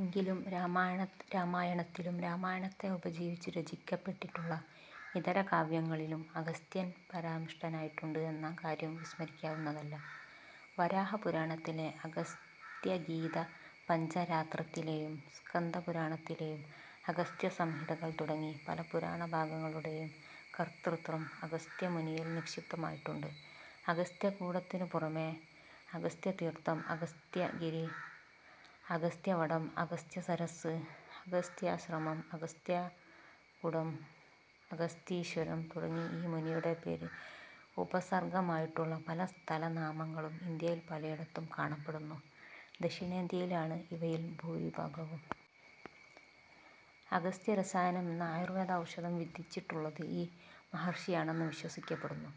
എങ്കിലും രാമായണത്തിലും രാമായണത്തെ ഉപജീവിച്ചു രചിക്കപ്പെട്ടിട്ടുള്ള ഇതരകാവ്യങ്ങളിലും അഗസ്ത്യൻ പരാമൃഷ്ടനായിട്ടുണ്ട് എന്ന കാര്യം വിസ്മരിക്കാവുന്നതല്ല. വരാഹപുരാണത്തിലെ അഗസ്ത്യഗീത, പഞ്ചരാത്രത്തിലെയും സ്കന്ദപുരാണത്തിലെയും അഗസ്ത്യസംഹിതകൾ തുടങ്ങി പല പുരാണഭാഗങ്ങളുടെയും കർതൃത്വം അഗസ്ത്യമുനിയിൽ നിക്ഷിപ്തമായിട്ടുണ്ട്. അഗസ്ത്യകൂടത്തിനു പുറമേ, അഗസ്ത്യതീർഥം, അഗസ്ത്യഗിരി, അഗസ്ത്യവടം, അഗസ്ത്യസരസ്സ്, അഗസ്ത്യാശ്രമം, അഗസ്ത്യകൂടം, അഗസ്തീശ്വരം തുടങ്ങി ഈ മുനിയുടെ പേര് ഉപസർഗമായിട്ടുള്ള പല സ്ഥലനാമങ്ങളും ഇന്ത്യയിൽ പലയിടത്തും കാണപ്പെടുന്നു; ദക്ഷിണേന്ത്യയിലാണ് ഇവയിൽ ഭൂരിഭാഗവും. അഗസ്ത്യരസായനം എന്ന ആയുർവേദ ഔഷധം വിധിച്ചിട്ടുള്ളത് ഈ മഹർഷിയാണെന്ന് വിശ്വസിക്കപ്പെടുന്നു.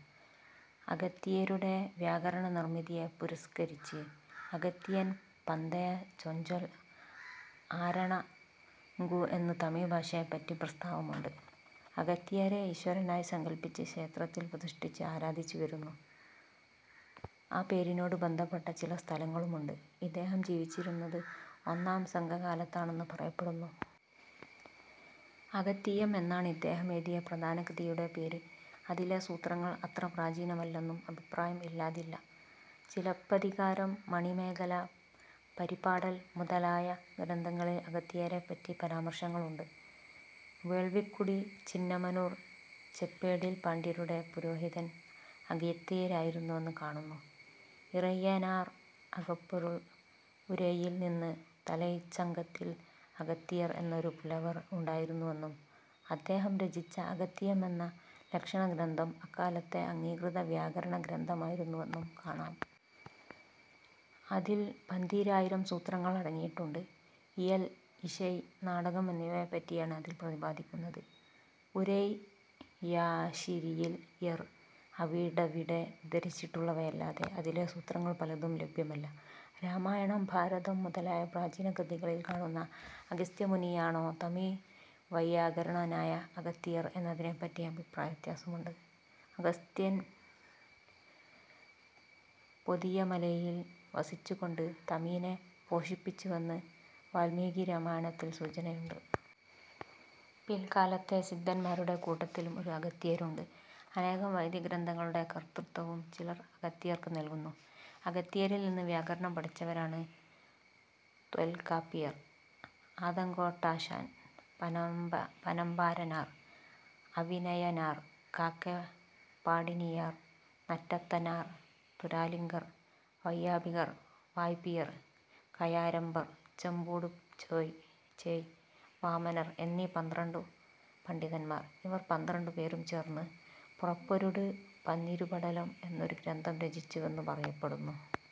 അകത്തിയരുടെ വ്യാകരണനിർമിതിയെ പുരസ്കരിച്ച് അകത്തിയൻ പന്തയ ചെഞ്ചൊൽ ആരണങ്കു എന്ന് തമിഴ് ഭാഷയെപ്പറ്റി പ്രസ്താവമുണ്ട്. അകത്തിയരെ ഈശ്വരനായി സങ്കല്പിച്ച് ക്ഷേത്രത്തിൽ പ്രതിഷ്ഠിച്ച് ആരാധിച്ചുവരുന്നു. ആ പേരിനോട് ബന്ധപ്പെട്ട ചില സ്ഥലങ്ങളുമുണ്ട്. ഇദ്ദേഹം ജീവിച്ചിരുന്നത് ഒന്നാം സംഘകാലത്താണെന്ന് പറയപ്പെടുന്നു. അകത്തിയം എന്നാണ് ഇദ്ദേഹം എഴുതിയ പ്രധാന കൃതിയുടെ പേര്. അതിലെ സൂത്രങ്ങൾ അത്ര പ്രാചീനമല്ലെന്നും അഭിപ്രായം ഇല്ലാതില്ല. ചിലപ്പതികാരം, മണിമേഖല, പരിപാടൽ മുതലായ ഗ്രന്ഥങ്ങളിൽ അകത്തിയരെപ്പറ്റി പരാമർശങ്ങളുണ്ട്. വേൾവിക്കുടി ചിന്നമനൂർ ചെപ്പേടിൽ പാണ്ഡ്യരുടെ പുരോഹിതൻ അകത്തിയരായിരുന്നുവെന്നു കാണുന്നു. ഇറൈയനാർ അകപ്പൊരുൾ ഉരൈയിൽ നിന്ന്, തലൈച്ചങ്കത്തിൽ അകത്തിയർ എന്നൊരു പുലവർ ഉണ്ടായിരുന്നുവെന്നും അദ്ദേഹം രചിച്ച അകത്തിയം എന്ന ലക്ഷണഗ്രന്ഥം അക്കാലത്തെ അംഗീകൃത വ്യാകരണ ഗ്രന്ഥമായിരുന്നുവെന്നും കാണാം. അതിൽ പന്തീരായിരം സൂത്രങ്ങൾ അടങ്ങിയിട്ടുണ്ട്. ഇയൽ, ഇശൈ, നാടകം എന്നിവയെപ്പറ്റിയാണ് അതിൽ പ്രതിപാദിക്കുന്നത്. ഉരൈയാശിരിയർ അവിടവിടെ ഉദ്ധരിച്ചിട്ടുള്ളവയല്ലാതെ അതിലെ സൂത്രങ്ങൾ പലതും ലഭ്യമല്ല. രാമായണം, ഭാരതം മുതലായ പ്രാചീന കൃതികളിൽ കാണുന്ന അഗസ്ത്യമുനിയാണോ തമിഴ് വൈയാകരണനായ അകത്തിയർ എന്നതിനെപ്പറ്റി അഭിപ്രായവ്യത്യാസമുണ്ട്. അഗസ്ത്യൻ പൊതിയമലൈയിൽ വസിച്ചുകൊണ്ട് തമിഴിനെ പോഷിപ്പിച്ചുവെന്ന് വാല്മീകിരാമായണത്തിൽ സൂചനയുണ്ട്. പില്ക്കാലത്തെ സിദ്ധൻമാരുടെ കൂട്ടത്തിലും ഒരു അകത്തിയരുണ്ട്. അനേകം വൈദ്യഗ്രന്ഥങ്ങളുടെ കർതൃത്വവും ചിലർ അകത്തിയർക്ക് നൽകുന്നു. അകത്തിയരിൽനിന്ന് വ്യാകരണം പഠിച്ചവരാണ് തൊൽക്കാപ്പിയർ, ആതങ്കോട്ടാശാൻ, പനമ്പാരനാർ, അവിനയനാർ, കാക്കൈപാടിനിയാർ, നറ്റത്തനാർ, തുരാലിങ്കർ, വൈയാപികർ, വായ്പ്പിയർ, കഴാരമ്പർ, ചെമ്പൂട് ചേയ്, വാമനർ എന്നീ പന്ത്രണ്ടു പണ്ഡിതന്മാർ. ഇവർ പന്ത്രണ്ടുപേരും ചേർന്ന് പുറപ്പൊരുട് പന്നിരുപടലം എന്നൊരു ഗ്രന്ഥം രചിച്ചുവെന്നു പറയപ്പെടുന്നു.